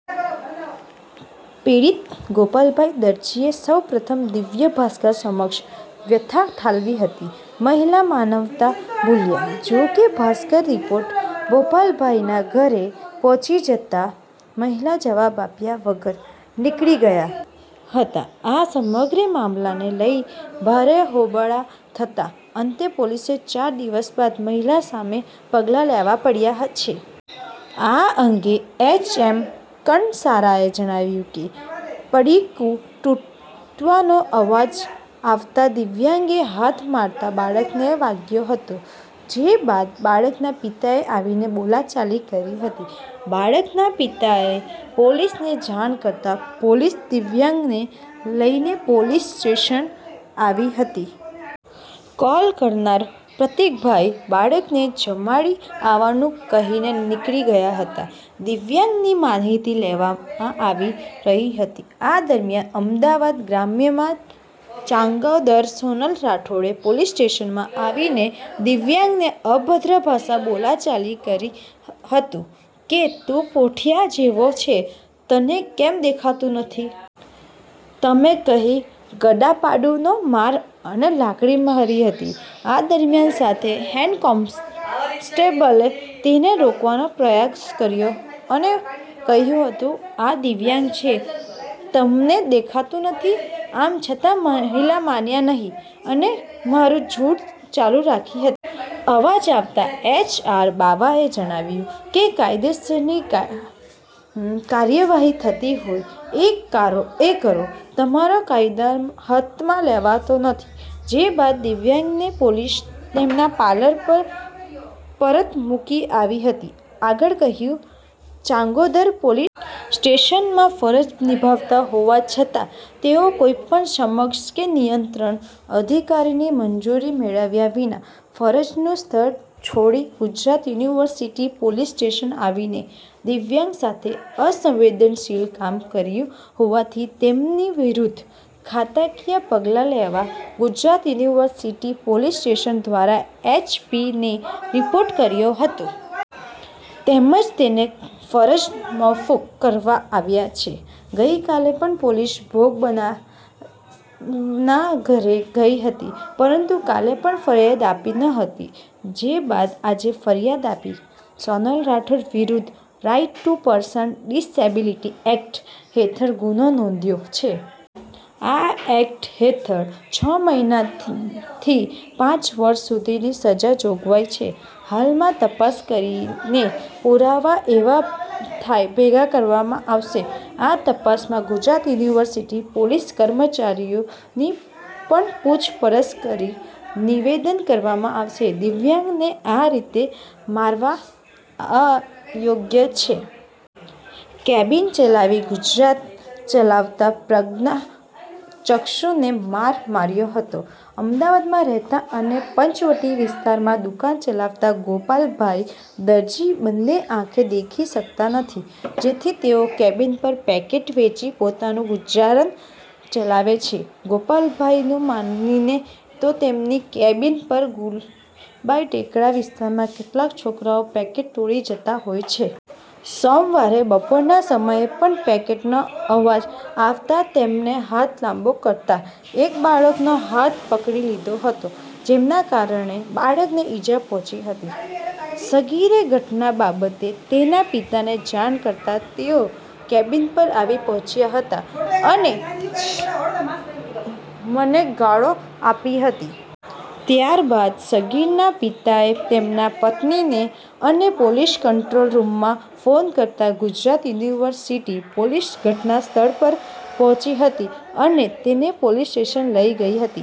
પીડિત ગોપાલભાઈ દરજીએ સૌ પ્રથમ દિવ્ય ભાસ્કર સમક્ષ વ્યથા ઠાલવી હતી. મહિલા માનવતા ભૂલ્યા. જો કે, ભાસ્કર રિપોર્ટર ગોપાલભાઈના ઘરે પહોંચી જતા મહિલા જવાબ આપ્યા વગર જ નીકળી ગયા હતા. આ સમગ્ર મામલાને લઈ ભારે હોબાળો થતા અંતે પોલીસે ચાર દિવસ બાદ મહિલા સામે પગલાં લેવા પડ્યા છે. આ અંગે એચ. એમ કણસાગરાએ જણાવ્યું કે "પડીકું તૂટવાનો અવાજ આવતા દિવ્યાંગે હાથ મારતા બાળકને વાગ્યો હતો. જે બાદ બાળકના પિતાએ આવીને બોલાચાલી કરી હતી. બાળકના પિતાએ પોલીસને જાણ કરતા પોલીસ દિવ્યાંગને લઈને પોલીસ સ્ટેશન આવી હતી." કોલ કરનાર પ્રતિકભાઈ બાળકને જમાડી આવવાનું કહીને નીકળી ગયા હતા. દિવ્યાંગની માહિતી લેવામાં આવી રહી હતી. આ દરમિયાન અમદાવાદ ગ્રામ્યના ચાંગોદર સોનલ રાઠોડે પોલીસ સ્ટેશનમાં આવીને દિવ્યાંગને અભદ્ર ભાષામાં બોલાચાલી કરી કહ્યું હતું કે, "તું પોઠીયા જેવો છે, તને કેમ દેખાતું નથી? તેમ કહી ગડદાપાટુનો માર અને લાકડી મારી હતી." આ દરમિયાન સાથેના હેડ કોન્સ્ટેબલે તેને રોકવાનો પ્રયાસ કર્યો અને કહ્યું હતું કે, "આ દિવ્યાંગ છે, તેમને દેખાતું નથી.' આમ છતાં મહિલા માન્યા નહીં અને મારઝૂડ ચાલુ રાખી હતી. અવાજ આવતા એસ. આર. બાવાએ જણાવ્યું કે, "કાયદેસરની કાર્યવાહી થતી હોય એ કરો તમારે કાયદો હાથમાં લેવાનો નથી." જે બાદ દિવ્યાંગને પોલીસ તેમના પાર્લર પર પરત મૂકી આવી હતી. આગળ કહ્યું, "ચાંગોદર પોલીસ સ્ટેશનમાં ફરજ નિભાવતા હોવા છતાં તેઓ કોઈપણ સક્ષમ કે નિયંત્રણ અધિકારીની મંજૂરી મેળવ્યા વિના ફરજનું સ્થળ છોડી ગુજરાત યુનિવર્સિટી પોલીસ સ્ટેશન આવીને દિવ્યાંગ સાથે અસંવેદનશીલ કામ કર્યું હોવાથી તેમની વિરુદ્ધ ખાતાકીય પગલાં લેવા ગુજરાત યુનિવર્સિટી પોલીસ સ્ટેશન દ્વારા એસ પીને રિપોર્ટ કર્યો હતો. તેમજ તેને ફરજ મોકૂફ કરવામાં આવ્યા છે. ગઈકાલે પણ પોલીસ ભોગ બનનારના ઘરે ગઈ હતી, પરંતુ કાલે પણ ફરિયાદ આપી નહોતી. જે બાદ આજે ફરિયાદ આપી છે. સોનલ રાઠોડ વિરુદ્ધ right to person disability act હેઠળ ગુનો નોંધ્યો છે. આ એક્ટ હેઠળ છ મહિનાથી પાંચ વર્ષ સુધીની સજાની જોગવાઈ છે. હાલમાં તપાસ કરીને પુરાવા ભેગા કરવામાં આવશે. આ તપાસમાં ગુજરાત યુનિવર્સિટીના પોલીસ કર્મચારીઓની પણ પૂછપરછ કરી નિવેદન લેવામાં આવશે. દિવ્યાંગને આ રીતે મારવા અયોગ્ય છે. કેબીન ચલાવી ગુજરાન ચલાવતા પ્રજ્ઞાચક્ષુને માર માર્યો હતો. અમદાવાદમાં રહેતા અને પંચવટી વિસ્તારમાં દુકાન ચલાવતા ગોપાલભાઈ દરજી બંને આંખે દેખી શકતા નથી. જેથી તેઓ કેબીન પર પેકેટ વેચી પોતાનું ગુજરાન ચલાવે છે. ગોપાલભાઈનું માનીએ તો, તેમની કેબીન પર ગુલબાઈ ટેકરા વિસ્તારમાં કેટલાક છોકરાઓ પેકેટ તોડી જતા હોય છે. સોમવારે બપોરના સમયે પણ પેકેટનો અવાજ આવતા તેમને હાથ લાંબો કરતા એક બાળકનો હાથ પકડી લીધો હતો. જેના કારણે બાળકને ઈજા પહોંચી હતી. સગીરે ઘટના બાબતે તેના પિતાને જાણ કરતા તેઓ કેબીન પર આવી પહોંચ્યા હતા, અને મને ગાળો આપી હતી. ત્યારબાદ સગીરના પિતાએ તેમના પત્નીને અને પોલીસ કંટ્રોલ રૂમમાં ફોન કરતા ગુજરાત યુનિવર્સિટી પોલીસ ઘટનાસ્થળ પર પહોંચી હતી. અને તેને પોલીસ સ્ટેશન લઈ ગઈ હતી.